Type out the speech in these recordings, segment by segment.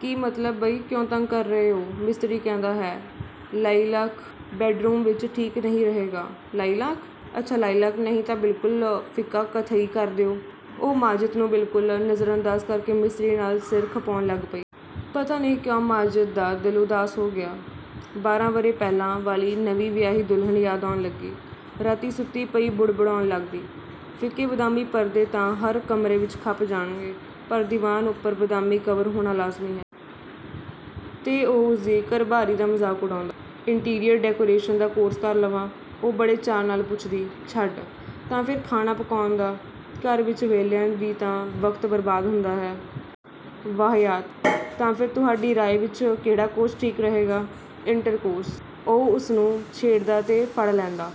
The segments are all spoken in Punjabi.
"ਕੀ ਮਤਲਬ?" "ਬਈ, ਕਿਉਂ ਤੰਗ ਕਰ ਰਹੇ ਹੋ? ਮਿਸਤਰੀ ਕਹਿੰਦਾ ਹੈ ਲਾਈਲਾਕ ਬੈੱਡ ਰੂਮ ਵਿੱਚ ਠੀਕ ਨਹੀਂ ਰਹੇਗਾ।" "ਲਾਈਲਾਕ?" "ਅੱਛਾ ਲਾਈਲਾਕ ਨਹੀਂ ਤਾਂ ਬਿਲਕੁਲ ਫਿੱਕਾ ਕਥਈ ਕਰ ਦਿਓ।" ਉਹ ਮਾਜਿਦ ਨੂੰ ਬਿਲਕੁਲ ਨਜ਼ਰਅੰਦਾਜ਼ ਕਰਕੇ ਮਿਸਤਰੀ ਨਾਲ ਸਿਰ ਖਪਾਉਣ ਲੱਗ ਪਈ। ਪਤਾ ਨਹੀਂ ਕਿਉਂ ਮਾਜਿਦ ਦਾ ਦਿਲ ਉਦਾਸ ਜਿਹਾ ਹੋ ਗਿਆ। ਬਾਰਾਂ ਵਰ੍ਹੇ ਪਹਿਲਾਂ ਵਾਲੀ ਨਵੀਂ ਵਿਆਹੀ ਦੁਲਹਨ ਯਾਦ ਆਉਣ ਲੱਗੀ। ਰਾਤੀਂ ਸੁੱਤੀ ਪਈ ਬੁੜਬੁੜਾਉਣ ਲੱਗਦੀ "ਫਿੱਕੇ ਬਦਾਮੀ ਪਰਦੇ ਤਾਂ ਹਰ ਕਮਰੇ ਵਿੱਚ ਖਪ ਜਾਣਗੇ, ਪਰ ਦੀਵਾਨ ਉੱਪਰ ਬਦਾਮੀ ਕਵਰ ਹੋਣਾ ਲਾਜ਼ਮੀ ਹੈ।" ਤੇ ਉਹ ਉਸਦੀ ਘਰਬਾਰੀ ਦਾ ਮਜ਼ਾਕ ਉਡਾਉਂਦਾ। "ਇੰਟੀਰੀਅਰ ਡੈਕੋਰੇਸ਼ਨ ਦਾ ਕੋਰਸ ਕਰ ਲਵਾਂ?" ਉਹ ਬੜੇ ਚਾਅ ਨਾਲ ਪੁੱਛਦੀ। "ਛੱਡ--" "ਤਾਂ ਫਿਰ ਖਾਣਾ ਪਕਾਉਣ ਦਾ? ਘਰ ਵਿੱਚ ਵਿਹਲਿਆਂ ਵੀ ਤਾਂ ਵਕਤ ਬਰਬਾਦ ਹੁੰਦਾ ਹੈ।" "ਵਾਹਯਾਤ!" "ਤਾਂ ਫਿਰ ਤੁਹਾਡੀ ਰਾਏ ਵਿੱਚ ਕਿਹੜਾ ਕੋਰਸ ਠੀਕ ਰਹੇਗਾ?" "ਇੰਟਰਕੋਰਸ।" ਉਹ ਉਸਨੂੰ ਛੇੜਦਾ ਤੇ ਫੜ੍ਹ ਲੈਂਦਾ।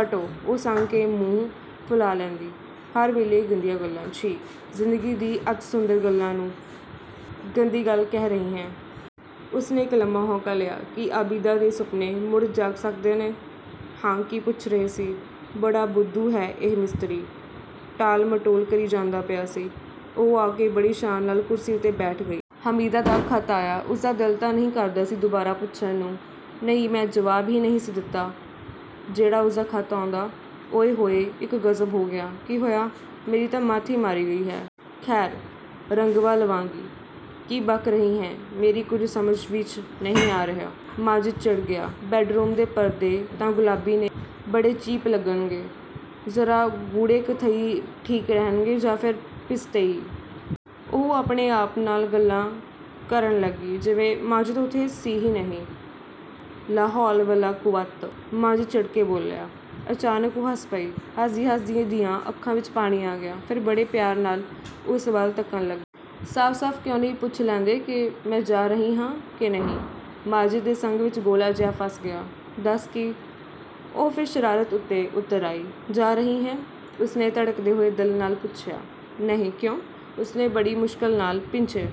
"ਹਟੋ!" ਉਹ ਸੰਗ ਕੇ ਮੂੰਹ ਫੁਲਾ ਲੈਂਦੀ, "ਹਰ ਵੇਲੇ ਗੰਦੀਆਂ ਗੱਲਾਂ। ਛੀ--" "ਜ਼ਿੰਦਗੀ ਦੀ ਅਤਿ ਸੁੰਦਰ ਗੱਲ ਨੂੰ, ਗੰਦੀ ਗੱਲ ਕਹਿ ਰਹੀ ਹੈਂ!" ਉਸਨੇ ਇੱਕ ਲੰਮਾ ਹਾਉਕਾ ਲਿਆ। ਕੀ ਆਬਿਦਾ ਦੇ ਸੁਪਨੇ ਮੁੜ ਜਾਗ ਸਕਦੇ ਨੇ? "ਹਾਂ ਕੀ ਪੁੱਛ ਰਹੇ ਸੀ? ਬੜਾ ਬੁੱਧੂ ਹੈ ਇਹ ਮਿਸਤਰੀ। ਟਾਲ-ਮਟੋਲ ਕਰੀ ਜਾਂਦਾ ਪਿਆ ਸੀ।" ਉਹ ਆ ਕੇ ਬੜੀ ਸ਼ਾਨ ਨਾਲ ਕੁਰਸੀ ਉੱਤੇ ਬੈਠ ਗਈ। "ਹਮੀਦਾ ਦਾ ਖ਼ਤ ਆਇਆ?" ਉਸਦਾ ਦਿਲ ਤਾਂ ਨਹੀਂ ਕਰਦਾ ਸੀ ਦੁਬਾਰਾ ਪੁੱਛਣ ਨੂੰ। "ਨਹੀਂ, ਮੈਂ ਜਵਾਬ ਹੀ ਨਹੀਂ ਸੀ ਦਿੱਤਾ, ਜਿਹੜਾ ਉਸਦਾ ਖ਼ਤ ਆਉਂਦਾ। ਉਇ-ਹੋਇ-- ਇੱਕ ਗ਼ਜ਼ਬ ਹੋ ਗਿਆ!" "ਕੀ ਹੋਇਆ?" "ਮੇਰੀ ਤਾਂ ਮੱਤ ਹੀ ਮਾਰੀ ਗਈ ਹੈ। ਖੈਰ, ਰੰਗਵਾ ਲਵਾਂਗੀ।" "ਕੀ ਬਕ ਰਹੀ ਹੈਂ, ਮੇਰੀ ਕੁਝ ਸਮਝ ਵਿੱਚ ਨਹੀਂ ਆ ਰਿਹਾ।" ਮਾਜਿਦ ਚਿੜ ਗਿਆ। "ਬੈੱਡ-ਰੂਮ ਦੇ ਪਰਦੇ ਤਾਂ ਗੁਲਾਬੀ ਨੇ। ਬੜੇ ਚੀਪ ਲੱਗਣਗੇ। ਜ਼ਰਾ ਗੂੜ੍ਹੇ ਕਥਈ ਠੀਕ ਰਹਿਣਗੇ ਜਾਂ ਫਿਰ ਪਿਸਤੇਈ।" ਉਹ ਆਪਣੇ ਆਪ ਨਾਲ ਗੱਲਾਂ ਕਰਨ ਲੱਗੀ, ਜਿਵੇਂ ਮਾਜਿਦ ਉੱਥੇ ਸੀ ਹੀ ਨਹੀਂ। "ਲਾਹੌਲ-ਵਲਾ-ਕੂਵੱਤ।" ਮਾਜਿਦ ਚਿੜ ਕੇ ਬੋਲਿਆ। ਅਚਾਨਕ ਉਹ ਹੱਸ ਪਈ। ਹੱਸਦੀ-ਹੱਸਦੀ ਦੀਆਂ ਅੱਖਾਂ ਵਿੱਚ ਪਾਣੀ ਆ ਗਿਆ। ਫਿਰ ਬੜੇ ਪਿਆਰ ਨਾਲ ਉਸ ਵੱਲ ਤੱਕਣ ਲੱਗੀ। "ਸਾਫ-ਸਾਫ ਕਿਉਂ ਨਹੀਂ ਪੁੱਛ ਲੈਂਦੇ ਕਿ ਮੈਂ ਜਾ ਰਹੀ ਹਾਂ ਕਿ ਨਹੀਂ?" ਮਾਜਿਦ ਦੇ ਸੰਘ ਵਿੱਚ ਗੋਲਾ ਜਿਹਾ ਫਸ ਗਿਆ। "ਦੱਸ--" "ਕੀ?" ਉਹ ਫਿਰ ਸ਼ਰਾਰਤ ਉੱਤੇ ਉਤਰ ਆਈ। "ਜਾ ਰਹੀ ਹੈਂ?" ਉਸਨੇ ਧੜਕਦੇ ਹੋਏ ਦਿਲ ਨਾਲ ਪੁੱਛਿਆ। "ਨਹੀਂ।" "ਕਿਉਂ?" ਉਸਨੇ ਬੜੀ ਮੁਸ਼ਕਲ ਨਾਲ ਭਿੰਚੇ।